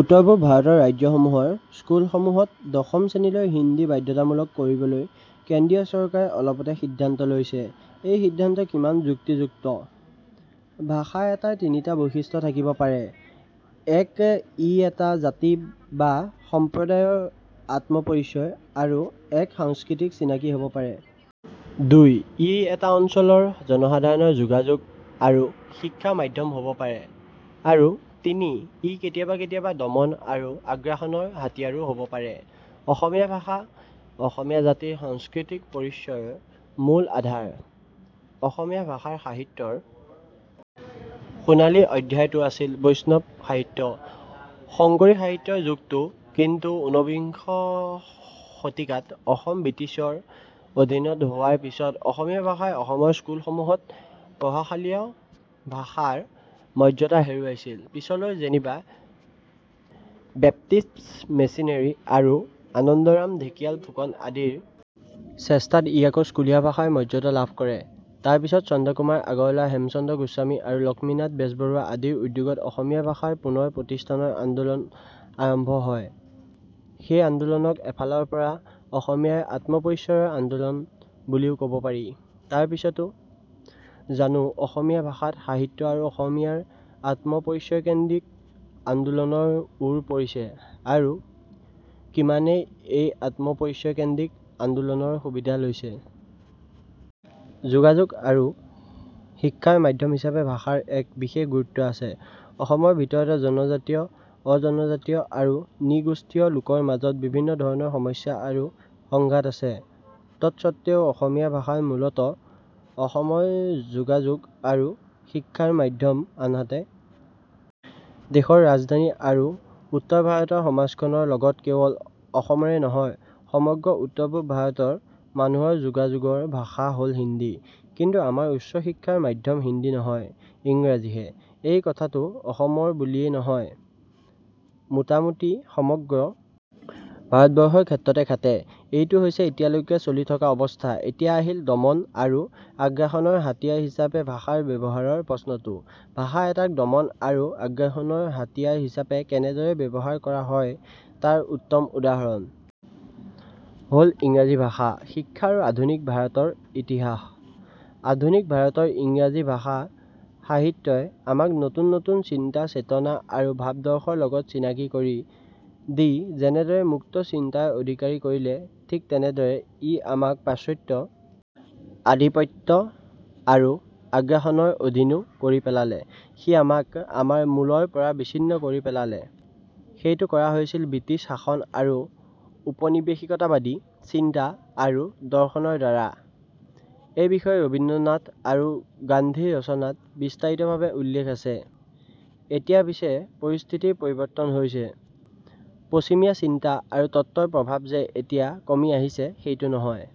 উত্তৰপূব ভাৰতৰ ৰাজ্যসমূহৰ স্কুলসমূহত দশম শ্ৰেণীলৈ হিন্দী বাধ্যতামূলক কৰিবলৈ কেন্দ্ৰীয় চৰকাৰে অলপতে সিদ্ধান্ত লৈছে৷এই সিদ্ধান্ত কিমান যুক্তিযুক্ত? ভাষা এটাৰ তিনিটা বৈশিষ্ট্য থাকিব পাৰে৷ এক- ই এটা জাতি বা সম্প্ৰদায়ৰ আত্মপৰিচয় আৰু এক সাংস্কৃতিক চিনাকী হ'ব পাৰে। দুই- ই এটা অঞ্চলৰ জনসাধাৰণৰ যোগাযোগ আৰু শিক্ষাৰ মাধ্যম হ'ব পাৰে আৰু তিনি- ই কেতিয়াবা কেতিয়াবা দমন আৰু আগ্ৰাসনৰ হাতিয়াৰো হ'ব পাৰে৷ অসমীয়া ভাষা অসমীয়া জাতিৰ সাংস্কৃতিক পৰিচয়ৰ মূল আধাৰ৷ অসমীয়া ভাষা সাহিত্যৰ সোণালী অধ্যায়টো আছিল বৈষ্ণৱ সাহিত্য, শংকৰী সাহিত্যৰ যুগটো৷ কিন্তু উনবিংশ শতিকাত অসম বৃটিছৰ অধীন হোৱাৰ পিছত অসমীয়া ভাষাই অসমৰ স্কুলসমূহত পঢ়াশালীয় ভাষাৰ মৰ্যাদা হেৰুৱাইছিল৷ পিছলৈ যেনিবা বেপ্টিস্ট মিছনেৰী আৰু আনন্দৰাম ঢেকীয়াল ফুকন আদিৰ চেষ্টাত ই আকৌ স্কুলীয়া ভাষাৰ মৰ্যাদা লাভ কৰে৷ তাৰ পিছত চন্দ্ৰ কুমাৰ আগৰৱালা হেমচন্দ্ৰ গোস্বামী আৰু লক্ষ্মীনাথ বেজবৰুৱা আদিৰ উদ্যোগত অসমীয়া ভাষাৰ পুনৰ প্ৰতিষ্ঠাৰ আন্দোলন আৰম্ভ হয়৷ সেই আন্দোলনক এফালৰ পৰা অসমীয়াৰ আত্মপৰিচয়ৰ আন্দোলন বুলিও ক'ব পাৰি৷ তাৰ পিছতো জানো অসমীয়া ভাষা সাহিত্য আৰু অসমীয়াৰ আত্মপৰিচয়কেন্দ্ৰিক আন্দোলনৰ ওৰ পৰিছে আৰু কিমানেই এই আত্মপৰিচয়কেন্দ্ৰিক আন্দোলনৰ সুবিধা লৈছে। যোগাযোগ আৰু শিক্ষাৰ মাধ্যম হিচাপে ভাষাৰ এক বিশেষ গুৰুত্ব আছে৷ অসমৰ ভিতৰতে জনজাতীয়, অজনজাতীয় আৰু নৃগোষ্ঠীয় লোকৰ মাজত বিভিন্ন ধৰণৰ সমস্যা আৰু সংঘাত আছে৷ তৎসত্বেও অসমীয়া ভাষা মূলতঃ অসমৰ যোগাযোগ আৰু শিক্ষাৰ মাধ্যম৷ আনহাতে দেশৰ ৰাজধানী আৰু উত্তৰ ভাৰতৰ সমাজখনৰ লগত কেৱল অসমৰে নহয় সমগ্ৰ উত্তৰ-পূব ভাৰতৰ মানুহৰ যোগাযোগৰ ভাষা হল হিন্দী৷ কিন্তু আমাৰ উচ্চ শিক্ষাৰ মাধ্যম হিন্দী নহয় ইংৰাজীহে৷ এই কথাটো অসমৰ বুলিয়ে নহয়, মোটামোটি সমগ্ৰ ভাৰতবৰ্ষৰ ক্ষেত্ৰতে খাটে৷ এইটো হৈছে এতিয়ালৈকে চলি থকা অৱস্থা৷ এতিয়া আহিল দমন আৰু আগ্ৰাসনৰ হাতিয়াৰ হিচাপে ভাষাৰ ব্যৱহাৰৰ প্ৰশ্নটো৷ ভাষা এটাক দমন আৰু আগ্ৰাসনৰ হাতিয়াৰ হিচাপে কেনেদৰে ব্যৱহাৰ কৰা হয়, তাৰ উত্তম উদাহৰণ হ'ল ইংৰাজী ভাষা শিক্ষা আৰু আধুনিক ভাৰতৰ ইতিহাস৷আধুনিক ভাৰতত ইংৰাজী ভাষা সাহিত্যই আমাক নতুন নতুন চিন্তা, চেতনা আৰু ভাৱাদৰ্শৰ লগত চিনাকি কৰি দি যেনেদৰে মুক্ত চিন্তাৰ অধিকাৰী কৰিলে, ঠিক তেনেদৰে ই আমাক পাশ্চাত্য আধিপত্য আৰু আগ্ৰাসনৰ অধীনো কৰি পেলালে৷ সি আমাক আমাৰ মূলৰ পৰা বিচ্ছিন্ন কৰি পেলালে৷ সেইটো কৰা হৈছিল বৃটিছ শাসন আৰু ঔপনিবেশিকতাবাদী চিন্তা আৰু দৰ্শনৰ দ্বাৰা৷ এই বিষয়ে ৰবীন্দ্ৰনাথ আৰু গান্ধীৰ ৰচনাত বিস্তাৰিতভাবে উল্লেখ আছে৷ এতিয়া পিছে পৰিস্থিতিৰ পৰিবৰ্তন হৈছে৷ পশ্চিমীয়া চিন্তা আৰু তত্ত্বৰ প্ৰভাৱ যে এতিয়া কমি আহিছে সেইটো নহয়।